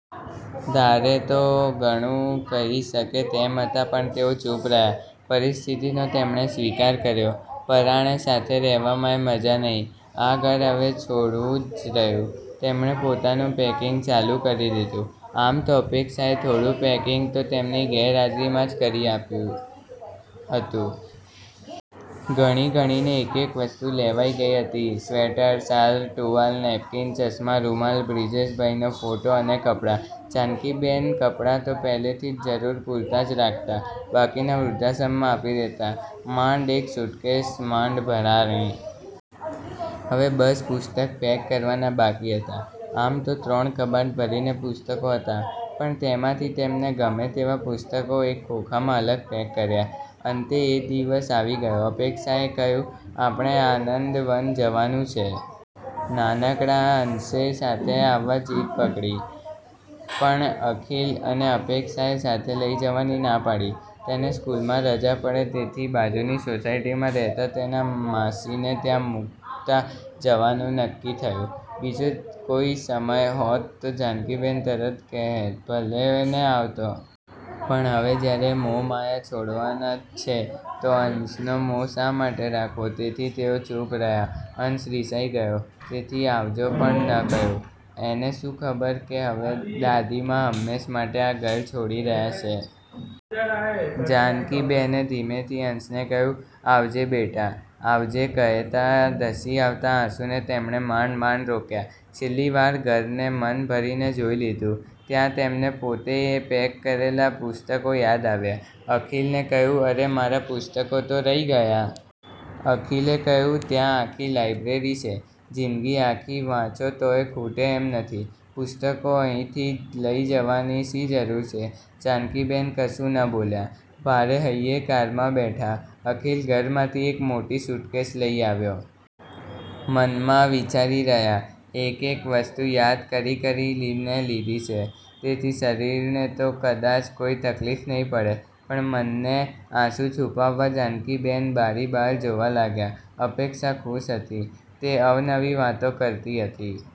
ધારે તો ઘણું કહી શકે તેમ હતા પણ તેઓ ચૂપ રહ્યાં. પરિસ્થિતિનો તેમણે સ્વીકાર કર્યો. પરાણે સાથે રહેવામાંય મજા નહીં. આ ઘર હવે છોડવું જ રહ્યું. તેમણે પોતાનું પેકીંગ ચાલું કરી દીધું. આમ તો અપેક્ષાએ થોડું પેકિંગ તો તેમની ગેરહાજરીમાં કરી જ આપ્યું હતું. ગણી-ગણીને એકેક વસ્તુ લેવાઈ ગઈ હતી. સ્વેટર, શાલ, ટુવાલ, નેપકીન, ચશ્મા, રુમાલ, બ્રીજેશભાઇનો ફોટો, અને કપડાં. જાનકીબેન કપડાં તો પહેલેથી જ જરુર પૂરતા જ રાખતા, બાકીના વૃધ્ધાશ્રમમાં આપી દેતા. માંડ એક સુટ્કેશ માંડ ભરાણી. હવે બસ પુસ્તક પેક કરવાના બાકી હતા. આમ તો ત્રણ કબાટ ભરીને પુસ્તકો હતા, પણ તેમાંથી તેમને ગમે તેવા પુસ્તકો એક ખોખામાં અલગ પેક કર્યાં. અંતે એ દિવસ આવી ગયો. અપેક્ષાએ કહ્યું, "આપણે આનંદવન જવાનું છે." નાનકડા અંશેય સાથે આવવા જીદ પકડી, પણ અખિલ અને અપેક્ષાએ સાથે લઈ જવાની ના પાડી. તેને સ્કૂલમાં રજા પડે તેથી બાજુની સોસાયટીમાં રહેતા તેના માસીને ત્યાં મૂકતા જવાનું નક્કી થયું. બીજો કોઇ સમય હોત તો જાનકીબેન તરત કહેત ભલેને આવતો. પણ હવે જ્યારે મોહ માયા છોડવાના જ છે તો અંશનો મોહ શા માટે રાખવો. તેથી તેઓ ચૂપ રહ્યાં. અંશ રિસાઇ ગયો તેથી આવજો પણ ન કહ્યું. એને શું ખબર કે હવે દાદીમા હંમેશ માટે આ ઘર છોડી રહ્યાં છે. જાનકીબેને ધીમેથી અંશને કહ્યું, "આવજે બેટા." આવજે કહેતા ધસી આવતા આંસુને તેમણે માંડ-માંડ રોક્યા. છેલ્લી વાર ઘરને મન ભરી ને જોઈ લીધું. ત્યાં તેમને પોતે પેક કરેલા પુસ્તકો યાદ અવ્યા. અખિલને કહ્યું, "અરે મારા પુસ્તકો તો રહી ગયા." અખિલે કહ્યું, "ત્યાં આખી લાયબ્રેરી છે. જીંદગી આખી વાંચો તોય ખૂટે એમ નથી. પુસ્તકો અહીંથી લઇ જવાની શી જરુર છે?" જાનકીબેન કશું ન બોલ્યા, ભારે હૈયે કારમાં બેઠા. અખિલ ઘરમાંથી એક મોટી સૂટકેશ લઇ આવ્યો. મનમાં વિચારી રહ્યાં, એક-એક વસ્તુ યાદ કરી-કરીને લીધી છે, તેથી શરીરને તો કદાચ કોઈ તકલીફ નહીં પડે, પણ મનને, આંસું છૂપાવવા જાનકીબેન બારી બહાર જોવા લાગ્યા. અપેક્ષા ખુશ હતી. તે અવનવી વાતો કરતી હતી.